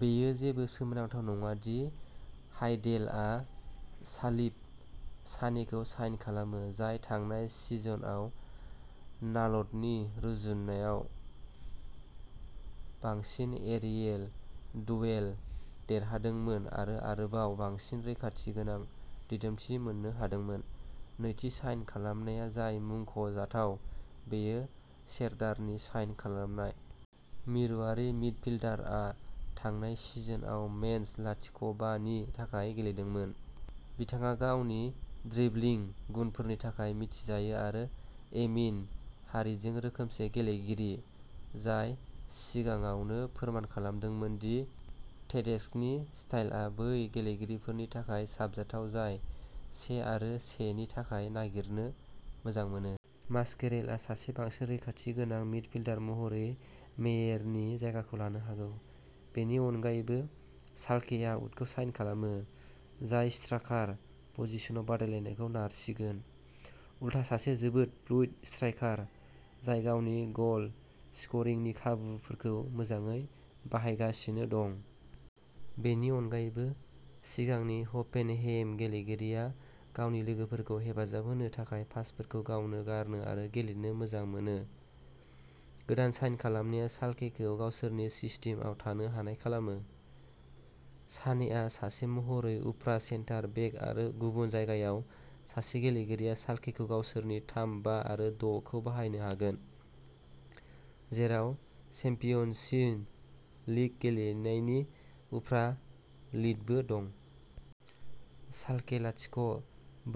बेयो जेबो सोमोनांथाव नङा दि हाइडेलआ सालिफ सानेखौ साइन खालामो, जाय थांनाय सिजनआव नाल्ड'नि रुजुनायाव बांसिन एरियेल दुवेल देरहादोंमोन आरो आरोबाव बांसिन रैखाथि गोनां दिदोमथि मोननो हादोंमोन। नैथि साइन खालामनाया जाय मुंख' जाथाव, बेयो सेरदारनि साइन खालामनाय। मिरुआरि मिडफिल्डारआ थांनाय सिजनआव मेन्ज लाथिख' बा नि थाखाय गेलेदोंमोन। बिथाङा गावनि ड्रिब्लिं गुनफोरनि थाखाय मिथिजायो आरो एमिन हारिटजों रोखोमसे गेलेगिरि, जाय सिगाङावनो फोरमान खालामदोंमोन दि टेडेस्क'नि स्टाइलआ बै गेलेगिरिफोरनि थाखाय साबजाथाव जाय से आरो से नि थाखाय नागिरनो मोजां मोनो। मास्केरेलआ सासे बांसिन रैखाथि गोनां मिडफिल्डार महरै मेयेरनि जायगाखौ लानो हागौ। बेनि अनगायैबो, शाल्केआ उथखौ साइन खालामो, जाय स्ट्राइकार पजिशनाव बादायलायनायखौ नारसिगोन। उथआ सासे जोबोद फ्लुइड स्ट्राइकार, जाय गावनि गल स्क'रिंनि खाबुफोरखौ मोजाङै बाहायगासिनो दं। बेनि अनगायैबो, सिगांनि हफेनहेइम गेलेगिरिया गावनि लोगोफोरखौ हेफाजाब होनो थाखाय पासफोरखौ गावनो गारनो आरो गेलेनो मोजां मोनो। गोदान साइन खालामनाया शाल्केखौ गावसोरनि सिस्टेमआव थानो हानाय खालामो। सानेआ सासे महरै उफ्रा सेन्टार बेक आरो गुबुन जायगायाव सासे गेलेगिरिया शाल्केखौ गावसोरनि थाम बा आरो द' खौ बाहायनो हागोन, जेराव चेम्पियन्स लिग गेलेनायनि उफ्रा लिडबो दं। शाल्के लाथिख'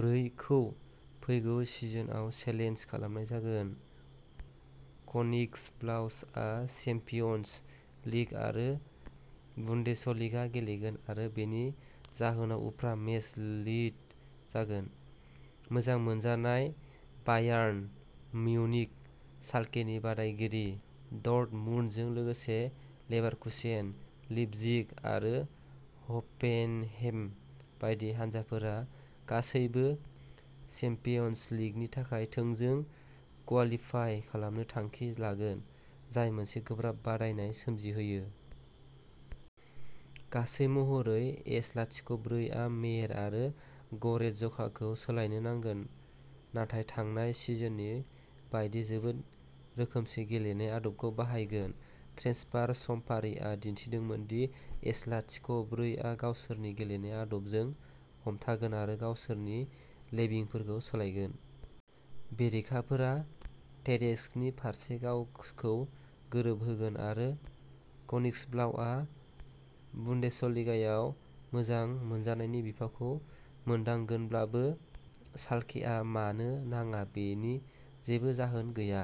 ब्रै खौ फैगौ सिजनआव चेलेन्ज खालामनाय जागोन। कनिग्सब्लाउआ चेम्पियन्स लिग आरो बुन्देसलिगा गेलेगोन आरो बेनि जाहोनाव उफ्रा मेच लोड जागोन। मोजां मोनजानाय बायार्न म्युनिख, शाल्केनि बादायगिरि डर्टमुन्डजों लोगोसे लेभारकुसेन, लिपजिग आरो हफेनहेम बायदि हानजाफोरा गासैबो च्याम्पियन्स लिगनि थाखाय थोंजों क्वालिफाइ खालामनो थांखि लागोन, जाय मोनसे गोब्राब बादायनाय सोमजिहोयो। गासै महरै, एस लाथिख' ब्रै आ मेयेर आरो ग'रेटजकाखौ सोलायनो नांगोन नाथाय थांनाय सिजननि बायदि जोबोद रोखोमसे गेलेनाय आदबखौ बाहायगोन। ट्रेन्सफार समफारिआ दिन्थिदोंमोन दि एस लाथिख' ब्रै आ गावसोरनि गेलेनाय आदबजों हमथागोन आरो गावसोरनि लेभिंफोरखौ सोलायगोन। बेरेखाफोरा टेडेस्क'नि फारसे गावखौ गोरोबहोगोन आरो कनिग्सब्लाउआ बुन्देसलिगायाव मोजां मोनजानायनि बिफावखौ मोनदांगोनब्लाबो, शाल्केआ मानो नाङा बेनि जेबो जाहोन गैया।